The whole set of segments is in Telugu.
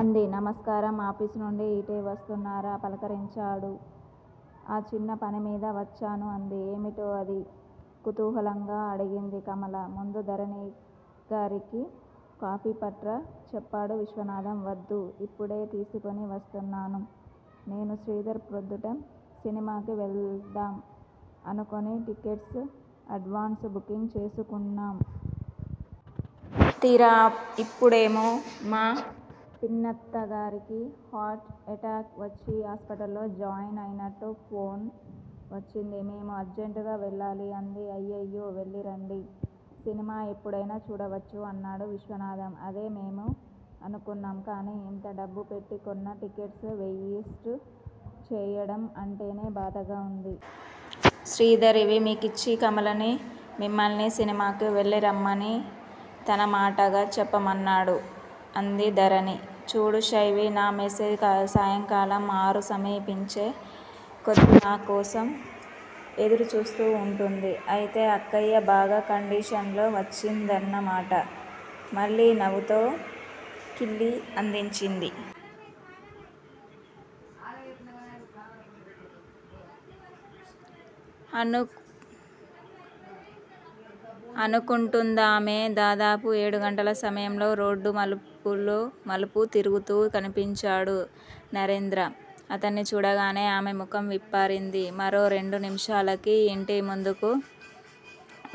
అంది. నమస్కారం ఆఫీసునుండి ఇటే వస్తున్నారా? పలకరించాడు. ఆ చిన్న పనిమీద వచ్చాను అంది. ఏమిటో అది? కుతూహలంగా అడిగింది కమల. ముందు ధరణిగారికి కాఫీ పట్రా! చెప్పాడు విశ్వనాథం. వద్దు! ఇప్పుడే తీసుకుని వస్తున్నాను. నేనూ శ్రీధర్ ప్రొద్దుట సినిమాకి వెళ్దాం అనుకుని టికెట్స్ ఎడ్వాన్స్ బుకింగ్ చేయించుకున్నాం. తీరా ఇప్పుడేమో మా పిన్నత్తగారికి హార్ట్ ఎటాక్ వచ్చి హాస్పిటల్ లో జాయిన్ అయినట్లు ఫోన్ వచ్చింది. మేము అర్జెంటుగా వెళ్ళాలి! అంది. అయ్యయ్యో వెళ్ళిరండి. సినిమా ఎప్పుడైనా చూడచ్చు! అన్నాడు విశ్వనాథం. అదే మేమూ అనుకున్నాం. కానీ ఇంత డబ్బు పెట్టి కొన్న టికెట్స్ వేస్ట్ చెయ్యడం అంటేనే బాధగా ఉంది. శ్రీధర్ ఇవి మీకిచ్చి కమలనీ, మిమ్మల్ని సినిమాకి వెళ్ళిరమ్మని తన మాటగా చెప్పమన్నాడు అంది ధరణి. చూడు శైవి! నా మిసెస్ సాయంకాలం ఆరు సమీపించే కొద్ది నాకోసం ఎదురు చూస్తూ వుంటుంది! అయితే అక్కయ్య బాగా కండిషన్లో వుంచిందన్నమాట! మళ్ళీ నవుతో కిళ్ళి అందించింది. అనుకుంటుందామె. దాదాపు ఏడుగంటల సమయంలో రోడ్డు మలుపు తిరుగుతూ కనిపించాడు నరేంద్ర అతన్ని చూడగానే ఆమె ముఖం విప్పారింది. మరో రెండు నిమిషాలకి యింటి ముందుకు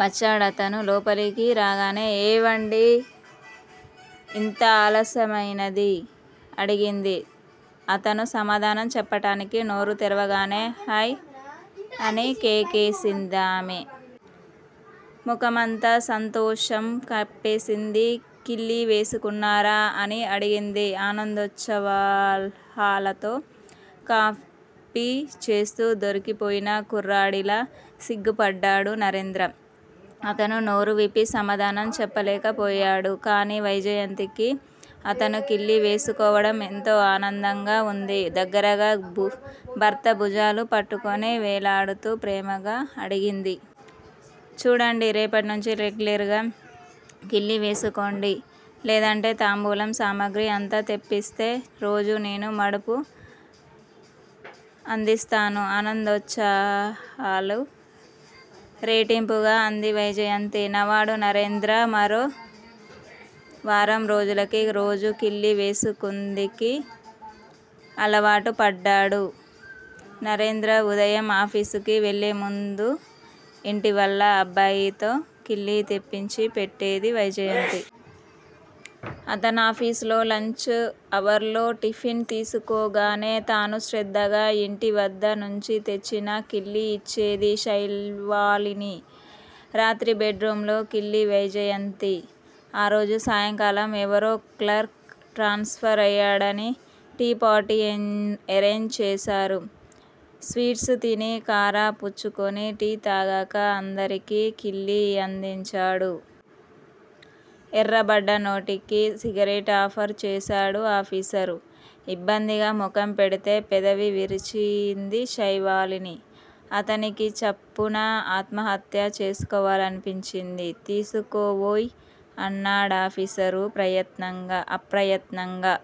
వచ్చాడతను. లోపలికి రాగానే ఏవండి యింత అలస్యమైనది అడిగింది. అతను సమాధానం చెప్పటానికి నోరు తెరవగానే హయ్ అని కేకేసిందామె. ముఖమంతా సంతోషం కప్పేసింది. కిళ్ళి వేసుకున్నారా?! అని అడిగింది ఆనందోత్సాహాలతో. కాపి చేస్తూ దొరికిపోయిన కుర్రాడిలా సిగ్గుపడ్డాడు నరేంద్ర. అతను నోరువిప్పి సమాధానం చెప్పలేకపోయాడు. కానీ వైజయంతికి అతను కిళ్ళి వేసుకోవటం ఎంతో ఆనందంగా వుంది. దగ్గరగా భర్త భుజాలు పట్టుకుని వేలాడుతూ ప్రేమగా అడిగింది. చూడండి? రేపటి నుంచి రెగ్యులర్ గా కిళ్ళి వేసుకోండి. లేదంటే తాంబూలం సామాగ్రి అంతా తెప్పిస్తే రోజు నేనూ మడుపు అందిస్తాను! ఆనందోత్సాహాలు రేటింపుగా అంది వైజయంతి. నవాడు నరేంద్ర. మరో వారం రోజులకి రోజు కిళ్ళి వేసుకుందికి అలవాటు పడ్డాడు. నరేంద్ర ఉదయం ఆఫీసుకి వెళ్ళేముందు యింటి వల్ల అబ్బాయితో కిళ్ళి తెప్పించి పెట్టేది వైజయంతి. అతనాఫిసులో లంచ్ అవర్లో టిఫిన్ తీసుకోగానే తాను శ్రద్ధగా యింటి వద్ద నుంచి తెచ్చిన కిళ్ళి యిచ్చేది శైవాలిని. రాత్రి బెడ్ రూంలో కిళ్ళి వైజయంతి. ఆరోజు సాయంకాలం ఎవరో క్లర్క్ ట్రాన్స్ఫరయ్యాడని టీ పార్టీ ఎరేంజ్ చేశారు. స్వీట్స్ తిని, కారా పుచ్చుకుని టీ తాగక అందరికి కిళ్ళి అందించాడు. ఎర్రబడ్డ నోటికి సిగరెట్ ఆఫర్ చేశాడు ఆఫీసరు. ఇబ్బందిగా ముఖం పెడితే పెదవి విరిచింది శైవాలిని. అతనికి చప్పున ఆత్మహత్య చేసుకోవాలనిపించింది. తిసుకోవోయ్! అన్నాడాఫిసరు. ఆప్రయత్నంగా